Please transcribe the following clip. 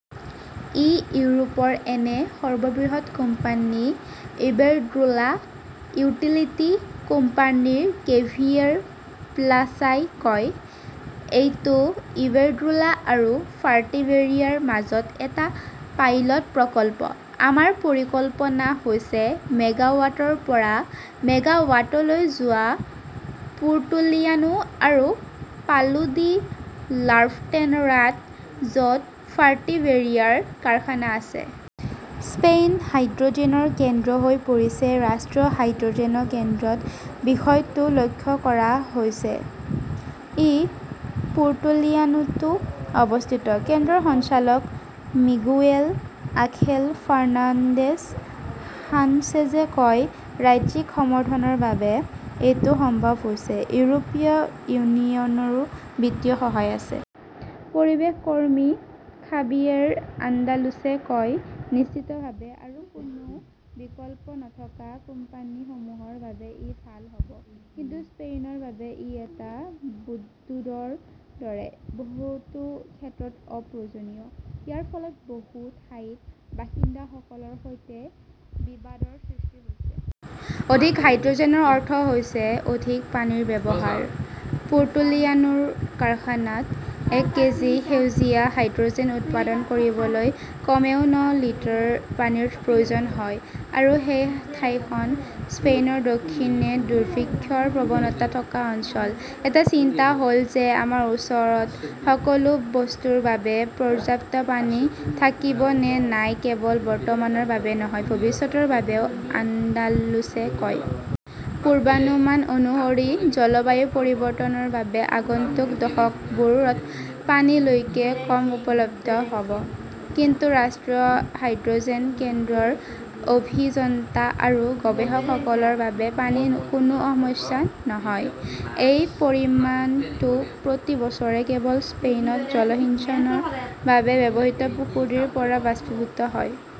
ই ইউৰোপৰ এনে সৰ্ববৃহৎ কোম্পানী, ইবেৰড্ৰোলা ইউটিলিটি কোম্পানীৰ কেভিয়েৰ প্লাছাই কয়। এইটো ইবেৰড্ৰোলা আৰু ফাৰ্টিবেৰিয়াৰ মাজত এটা পাইলট প্ৰকল্প। আমাৰ পৰিকল্পনা হৈছে মেগাৱাটৰ পৰা মেগাৱাটলৈ যোৱা পুৰ্টোলিয়ানো আৰু পালো ডি লাফ্ৰণ্টেৰাত, য 'ত ফাৰ্টিবেৰিয়াৰ কাৰখানা আছে। স্পেইন হাইড্ৰ'জেনৰ কেন্দ্ৰ হৈ পৰিছে। ৰাষ্ট্ৰীয় হাইড্ৰ'জেন কেন্দ্ৰত বিষয়টো লক্ষ্য কৰা হৈছে। ই পুৰ্টোলিয়ানোতো অৱস্থিত। কেন্দ্ৰৰ সঞ্চালক মিগুএল আঁখেল ফাৰ্ণান্দেজ সানচেজে কয়, "ৰাজ্যিক সমৰ্থনৰ বাবে এইটো সম্ভৱ হৈছে।" ইউৰোপীয় ইউনিয়নৰো বিত্তীয় সহায় আছে। পৰিৱেশ কৰ্মী খাবিয়েৰ আন্দালুছে কয়, "নিশ্চিতভাৱে আৰু কোনো বিকল্প নথকা কোম্পানীসমূহৰ বাবে ই ভাল হ'ব।" কিন্তু স্পেইনৰ বাবে ই এটা বুদ্বুদৰ দৰে, বহুতো ক্ষেত্ৰত অপ্ৰয়োজনীয়। ইয়াৰ ফলত বহু ঠাইত বাসিন্দাসকলৰ সৈতে বিবাদৰ সৃষ্টি হৈছে। অধিক হাইড্ৰ'জেনৰ অৰ্থ হৈছে অধিক পানীৰ ব্যৱহাৰ। পুৰ্টোলিয়ানোৰ কাৰখানাত এক কেজি সেউজীয়া হাইড্ৰ'জেন উৎপাদন কৰিবলৈ কমেও ন লিটাৰ পানীৰ প্ৰয়োজন হয়। আৰু সেই ঠাইখন স্পেইনৰ দক্ষিণে দুৰ্ভিক্ষৰ প্ৰৱণতা থকা অঞ্চল। এটা চিন্তা হ'ল যে, "আমাৰ ওচৰত সকলো বস্তুৰ বাবে পৰ্যাপ্ত পানী থাকিব নে নাই-কেৱল বৰ্তমানৰ বাবে নহয়, ভৱিষ্যতৰ বাবেও ", আন্দালুছে কয়। পূৰ্বানুমান অনুসৰি জলবায়ু পৰিৱৰ্তনৰ বাবে আগন্তুক দশকবোৰত পানী লৈকে কম উপলব্ধ হ'ব। কিন্তু ৰাষ্ট্ৰীয় হাইড্ৰ'জেন কেন্দ্ৰৰ অভিযন্তা আৰু গৱেষকসকলৰ বাবে পানী কোনো সমস্যা নহয়। এই পৰিমাণটো প্ৰতি বছৰে কেৱল স্পেইনত জলসিঞ্চনৰ বাবে ব্যৱহৃত পুখুৰীৰ পৰা বাষ্পীভূত হয়।